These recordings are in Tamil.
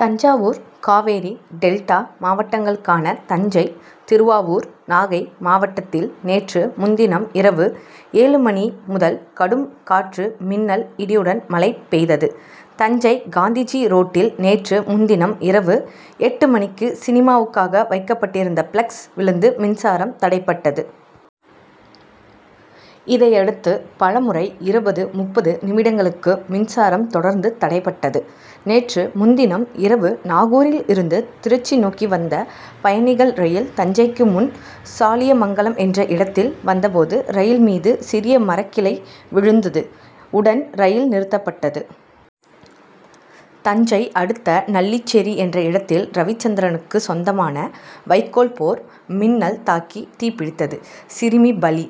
தஞ்சாவூர் காவேரி டெல்டா மாவட்டங்களான தஞ்சை திருவாரூர் நாகை மாவட்டத்தில் நேற்று முன்தினம் இரவு ஏழு மணி முதல் கடும் காற்று மின்னல் இடியுடன் மழை பெய்தது. தஞ்சை காந்திஜி ரோட்டில் நேற்று முன்தினம் இரவு எட்டு மணிக்கு சினிமாவுக்காக வைக்கப்பட்டிருந்த பிளக்ஸ் விழுந்து மின்சாரம் தடைபட்டது. இதையடுத்து பல முறை இருபது, முப்பது நிமிடங்களுக்கு மின்சாரம் தொடர்ந்து தடைபட்டது. நேற்று முன்தினம் இரவு நாகூரில் இருந்து திருச்சி நோக்கி வந்த பயணிகள் ரயில் தஞ்சைக்கு முன் சாலியமங்கலம் என்ற இடத்தில் வந்தபோது ரயில் மீது சிறிய மரக்கிளை விழுந்தது. உடன் ரயில் நிறுத்தப்பட்டது. தஞ்சை அடுத்த நல்லிச்சேரி என்ற இடத்தில் ரவிச்சந்திரனுக்கு சொந்தமான வைக்கோல் போர் மின்னல் தாக்கி தீப்பிடித்தது. சிறுமி பலி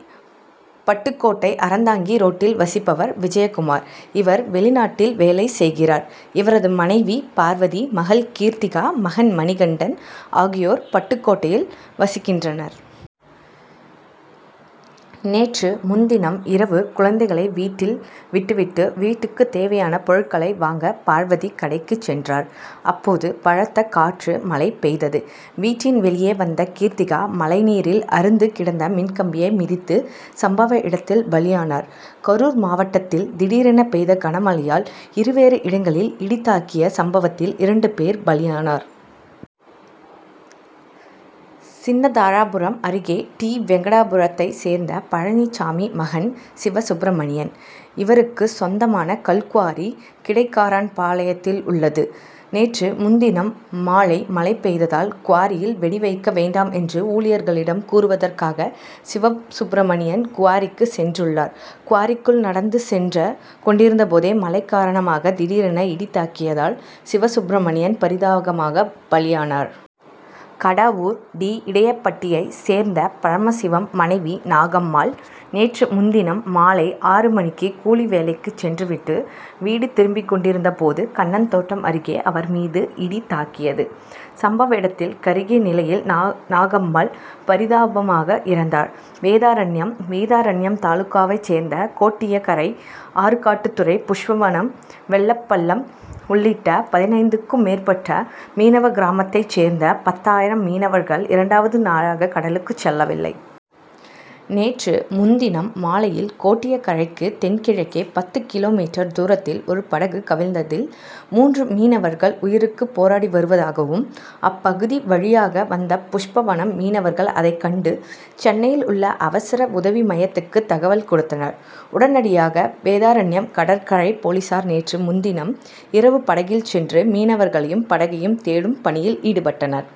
பட்டுக்கோட்டை அறந்தாங்கி ரோட்டில் வசிப்பவர் விஜயகுமார். இவர் வெளிநாட்டில் வேலை செய்கிறார். இவரது மனைவி பார்வதி மகள் கீர்த்திகா மகன் மணிகண்டன் ஆகியோர் பட்டுக்கோட்டையில் வசிக்கின்றனர். நேற்று முன்தினம் இரவு குழந்தைகளை வீட்டில் விட்டுவிட்டு வீட்டுக்கு தேவையான பொருட்களை வாங்க பார்வதி கடைக்குச் சென்றார். அப்போது பலத்த காற்று மழை பெய்தது. வீட்டின் வெளியே வந்த கீர்த்திகா மழைநீரில் அறுந்து கிடந்த மின்கம்பியை மிதித்து சம்பவ இடத்தில் பலியானார். கரூர் மாவட்டத்தில் திடீரென பெய்த கன மழையால் இருவேறு இடங்களில் இடி தாக்கிய சம்பவத்தில் இரண்டு பேர் பலியாயினர். சின்னதாராபுரம் அருகே டி. வெங்கிடாபுரத்தை சேர்ந்த பழனிசாமி மகன் சிவசுப்பிரமணியன். இவருக்கு சொந்தமான கல் குவாரி கிடைக்காரன்பாளையத்தில் உள்ளது. நேற்று முன்தினம் மாலை மழை பெய்ததால் குவாரியில் வெடி வைக்க வேண்டாம் என்று ஊழியர்களிடம் கூறுவதற்காக சிவசுப்பிரமணியன் குவாரிக்கு சென்றுள்ளார். குவாரிக்குள் நடந்து சென்று கொண்டிருந்தபோது மழை காரணமாக திடீரென இடி தாக்கியதால் சிவசுப்பிரமணியன் பரிதாபமாக பலியானார். கடவூர் டி. இடையப்பட்டியை சேர்ந்த பரமசிவம் மனைவி நாகம்மாள். நேற்று முன்தினம் மாலை ஆறு மணிக்கு கூலி வேலைக்கு சென்றுவிட்டு வீடு திரும்பிக்கொண்டிருந்தபோது கண்ணன் தோட்டம் அருகே அவர் மீது இடி தாக்கியது. சம்பவ இடத்தில் கருகிய நிலையில் நாகம்மாள் பரிதாபமாக இறந்தார். வேதாரண்யம் வேதாரண்யம் தாலுகாவைச் சேர்ந்த கோடியக்கரை ஆறுகாட்டுத்துறை புஷ்பவனம் வெள்ளப்பள்ளம் உள்ளிட்ட பதினைந்துக்கும் மேற்பட்ட மீனவகிராமத்தைச் சேர்ந்த பத்தாயிரம் மீனவர்கள் இரண்டாவது நாளாக கடலுக்குச் செல்லவில்லை. நேற்று முன்தினம் மாலையில் கோடியக்கரைக்கு தென்கிழக்கே பத்து கிலோ மீட்டர் தூரத்தில் ஒரு படகு கவிழ்ந்ததில் மூன்று மீனவர்கள் உயிருக்கு போராடி வருவதாகவும் அப்பகுதி வழியாக வந்த புஷ்பவனம் மீனவர்கள் அதைக்கண்டு சென்னையில் உள்ள அவசர உதவி மையத்துக்கு தகவல் கொடுத்தனர். உடனடியாக வேதாரண்யம் கடற்கரை போலீசார் நேற்று முன்தினம் இரவு படகில் சென்று மீனவர்களையும் படகையும் தேடும் பணியில் ஈடுபட்டனர்.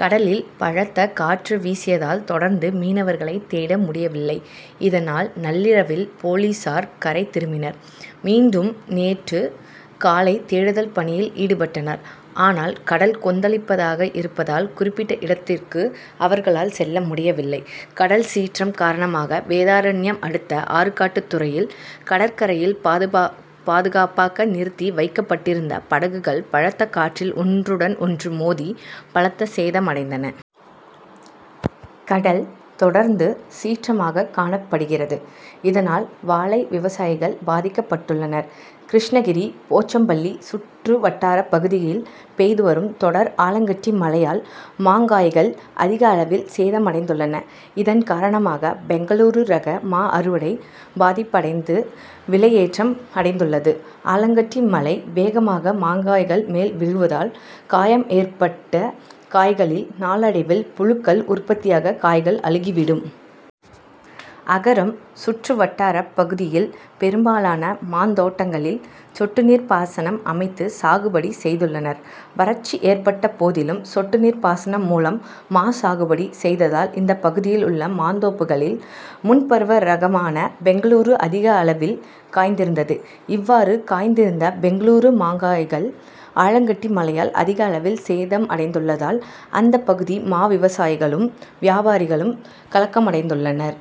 கடலில் பலத்த காற்று வீசியதால் தொடர்ந்து மீனவர்களை தேட முடியவில்லை. இதனால் நள்ளிரவில் போலீசார் கரை திரும்பினர். மீண்டும் நேற்று காலை தேடுதல் பணியில் ஈடுபட்டனர். ஆனால் கடல் கொந்தளிப்பாக இருப்பதால் குறிப்பிட்ட இடத்துக்கு அவர்களால் செல்ல முடியவில்லை. கடல் சீற்றம் காரணமாக வேதாரண்யம் அடுத்த ஆறுகாட்டுத்துறையில் கடற்கரையில் பாதுகாப்பாக நிறுத்தி வைக்கப்பட்டிருந்த படகுகள் பலத்த காற்றால் ஒன்றுடன் ஒன்று மோதி பலத்த சேதமடைந்தன. கடல் தொடர்ந்து சீற்றமாக காணப்படுகிறது. இதனால் வாழை விவசாயிகள் பாதிக்கப்பட்டுள்ளனர். கிருஷ்ணகிரி போச்சம்பள்ளி சுற்றுவட்டார பகுதியில் பெய்து வரும் தொடர் ஆலங்கட்டி மழையால் மாங்காய்கள் அதிக அளவில் சேதமடைந்துள்ளன. இதன் காரணமாக பெங்களூரா ரக மா அறுவடை பாதிப்படைந்து விலை ஏற்றம் அடைந்துள்ளது. ஆலங்கட்டி மழை வேகமாக மாங்காய்கள் மேல் விழுவதால் காயம் ஏற்பட்ட காய்களில் நாளடைவில் புழுக்கள் உற்பத்தியாகி காய்கள் அழுகி விடும். அகரம் சுற்றுவட்டாரப் பகுதியில் பெரும்பாலான மாந்தோட்டங்களில் சொட்டுநீர் பாசனம் அமைத்து சாகுபடி செய்துள்ளனர். வறட்சி ஏற்பட்ட போதிலும் சொட்டுநீர் பாசனம் மூலம் மா சாகுபடி செய்ததால் இந்த பகுதியில் உள்ள மாந்தோப்புகளில் முன்பருவ ரகமான பெங்களூரா அதிக அளவில் காய்த்திருந்தது. இவ்வாறு காய்த்திருந்த பெங்களூரு மாங்காய்கள் ஆலங்கட்டி மழையால் அதிக அளவில் சேதமடைந்துள்ளதால் அந்த பகுதி மா விவசாயிகளும் வியாபாரிகளும் கலக்கமடைந்துள்ளனர்.